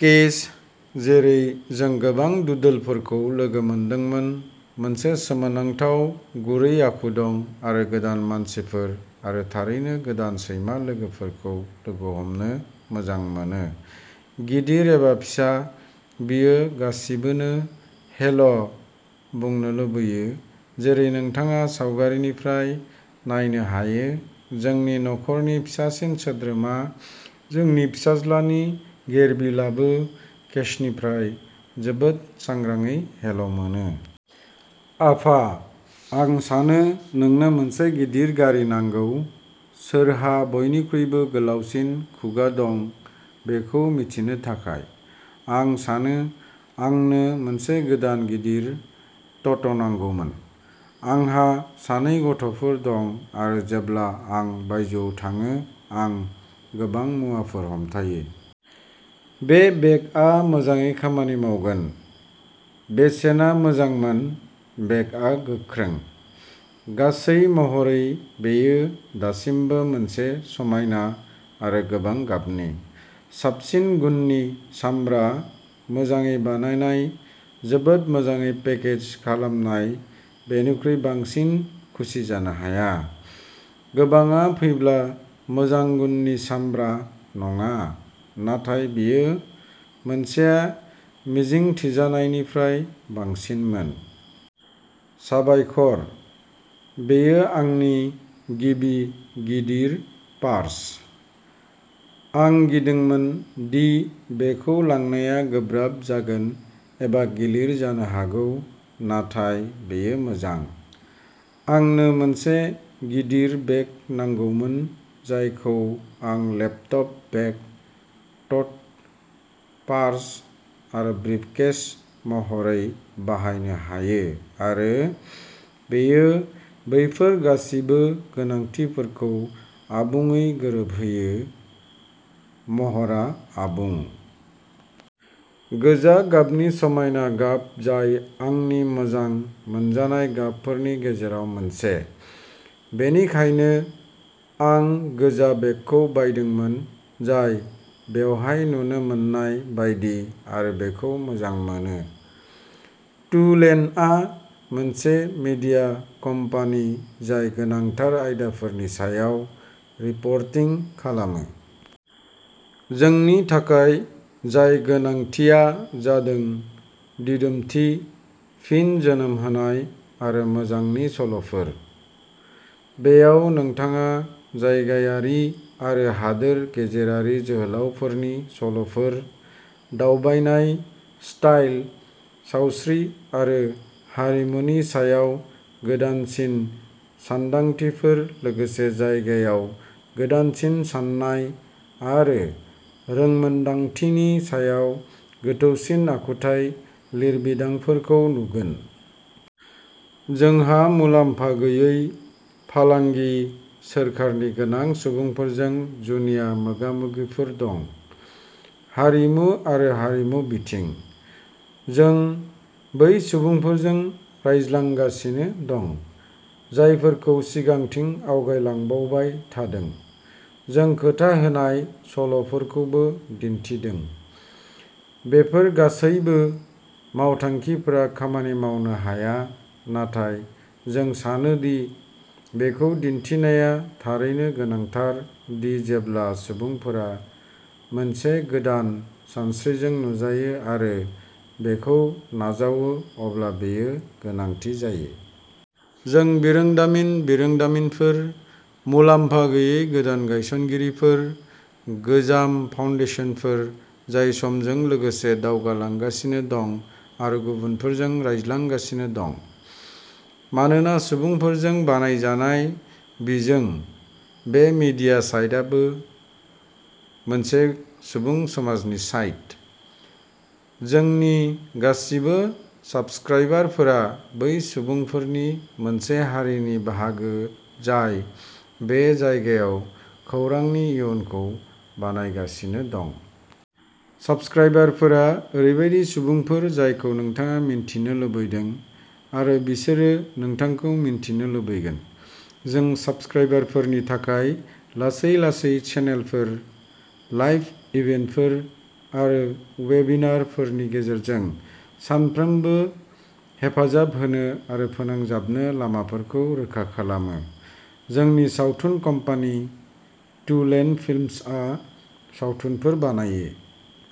Case, जेरै जों गोबां डुडलफोरखौ लोगो मोनदोंमोन, मोनसे सोमोनांथाव गुरै आखु दं आरो गोदान मानसिफोर आरो थारैनो गोदान सैमा लोगोफोरखौ लोगो हमनो मोजां मोनो। गिदिर एबा फिसा, बियो गासिबोनो हेल' बुंनो लुबैयो, जेरै नोंथाङा सावगारिनिफ्राय नायनो हायो, जोंनि नखरनि फिसासिन सोद्रोमा, जोंनि फिसाज्लानि गेरबिलआबो केसनिफ्राय जोबोद सांग्राङै हेल' मोनो। आफा, आं सानो नोंनो मोनसे गिदिर गारि नांगौ, सोरहा बयनिख्रुइबो गोलावसिन खुगा दं बेखौ मिथिनो थाखाय, आं सानो आंनो मोनसे गोदान गिदिर ट'ट' नांगौमोन। आंहा सानै गथ'फोर दं आरो जेब्ला आं बायजोआव थाङो आं गोबां मुवाफोर हमथायो। बे बेगआ मोजाङै खामानि मावगोन। बेसेना मोजांमोन, बेगआ गोख्रों। गासै महरै बेयो दासिमबो मोनसे समायना आरो गोबां गाबनि। साबसिन गुननि सामब्रा, मोजाङै बानायनाय जोबोद मोजाङै पेकेज खालामनाय बेनिख्रुइ बांसिन खुसि जानो हाया। गोबांआ फैब्ला मोजां गुननि सामब्रा नङा, नाथाय बेयो मोनसेया मिजिंथिजानायनिफ्राय बांसिनमोन। साबायखर। बेयो आंनि गिबि गिदिर पार्स। आं गिदोंमोन दि बेखौ लांनाया गोब्राब जागोन एबा गिलिर जानो हागौ, नाथाय बेयो मोजां। आंनो मोनसे गिदिर बेग नांगौमोन जायखौ आं लेपटप बेग, ट'ट, पार्स आरो ब्रिफकेस महरै बाहायनो हायो आरो बेयो बैफोर गासिबो गोनांथिफोरखौ आबुङै गोरोबहोयो, महरआ आबुं। गोजा गाबनि समायना गाब जाय आंनि मोजां मोनजानाय गाबफोरनि गेजेराव मोनसे। बेनिखायनो, आं गोजा बेगखौ बायदोंमोन जाय बेवहाय नुनो मोननाय बायदि आरो बेखौ मोजां मोनो। टू लेनआ मोनसे मीडिया कम्पानि जाय गोनांथार आयदाफोरनि सायाव रिपर्टिं खालामो। जोंनि थाखाय जाय गोनांथिया जादों दिदोमथि, फिन जोनोम होनाय आरो मोजांनि सल'फोर। बेयाव नोंथाङा जायगायारि आरो हादोर गेजेरारि जोहोलावफोरनि सल'फोर, दावबायनाय, स्टाइल, सावस्रि आरो हारिमुनि सायाव गोदानसिन सानदांथिफोर लोगोसे जायगायाव गोदानसिन साननाय आरो रोंमोनदांथिनि सायाव गोथौसिन आखुथाय लिरबिदांफोरखौ नुगोन। जोंहा मुलाम्फा गैयै, फालांगि, सोरखारनि गोनां सुबुंफोरजों जुनिया मोगा-मोगिफोर दं। हारिमु आरो हारिमु बिथिं। जों बै सुबुंफोरजों रायज्लांगासिनो दं, जायफोरखौ सिगांथिं आवगाय लांबावबाय थादों। जों खोथा होनाय सल'फोरखौबो दिन्थिदों। बेफोर गासैबो मावथांखिफोरा खामानि मावनो हाया, नाथाय जों सानो दि बेखौ दिन्थिनाया थारैनो गोनांथार दि जेब्ला सुबुंफोरा मोनसे गोदान सानस्रिजों नुजायो आरो बेखौ नाजावो अब्ला बेयो गोनांथि जायो। जों बिरोंदामिन बिरोंदामिनफोर, मुलाम्फा गैयै गोदान गायसनगिरिफोर, गोजाम फाउन्डेसनफोर जाय समजों लोगोसे दावगालांगासिनो दं आरो गुबुनफोरजों रायज्लांगासिनो दं। मानोना सुबुंफोरजों बानायजानाय बिजों, बे मिडिया साइटाबो मोनसे सुबुं समाजनि साइट। जोंनि गासिबो साबस्क्राइबारफोरा बै सुबुंफोरनि मोनसे हारिनि बाहागो जाय बे जायगायाव खौरांनि इयुनखौ बानायगासिनो दं। साबस्क्राइबारफोरा ओरैबायदि सुबुंफोर जायखौ नोंथाङा मिन्थिनो लुबैदों आरो बिसोरो नोंथांखौ मिन्थिनो लुबैगोन। जों साबस्क्राइबारफोरनि थाखाय लासै-लासै चेनेलफोर, लाइभ इभेन्टफोर आरो वेबिनारफोरनि गेजेरजों सानफ्रोमबो हेफाजाब होनो आरो फोनांजाबनो लामाफोरखौ रोखा खालामो। जोंनि सावथुन कम्पानि, टू लेन फिल्म्सआ सावथुनफोर बानायो।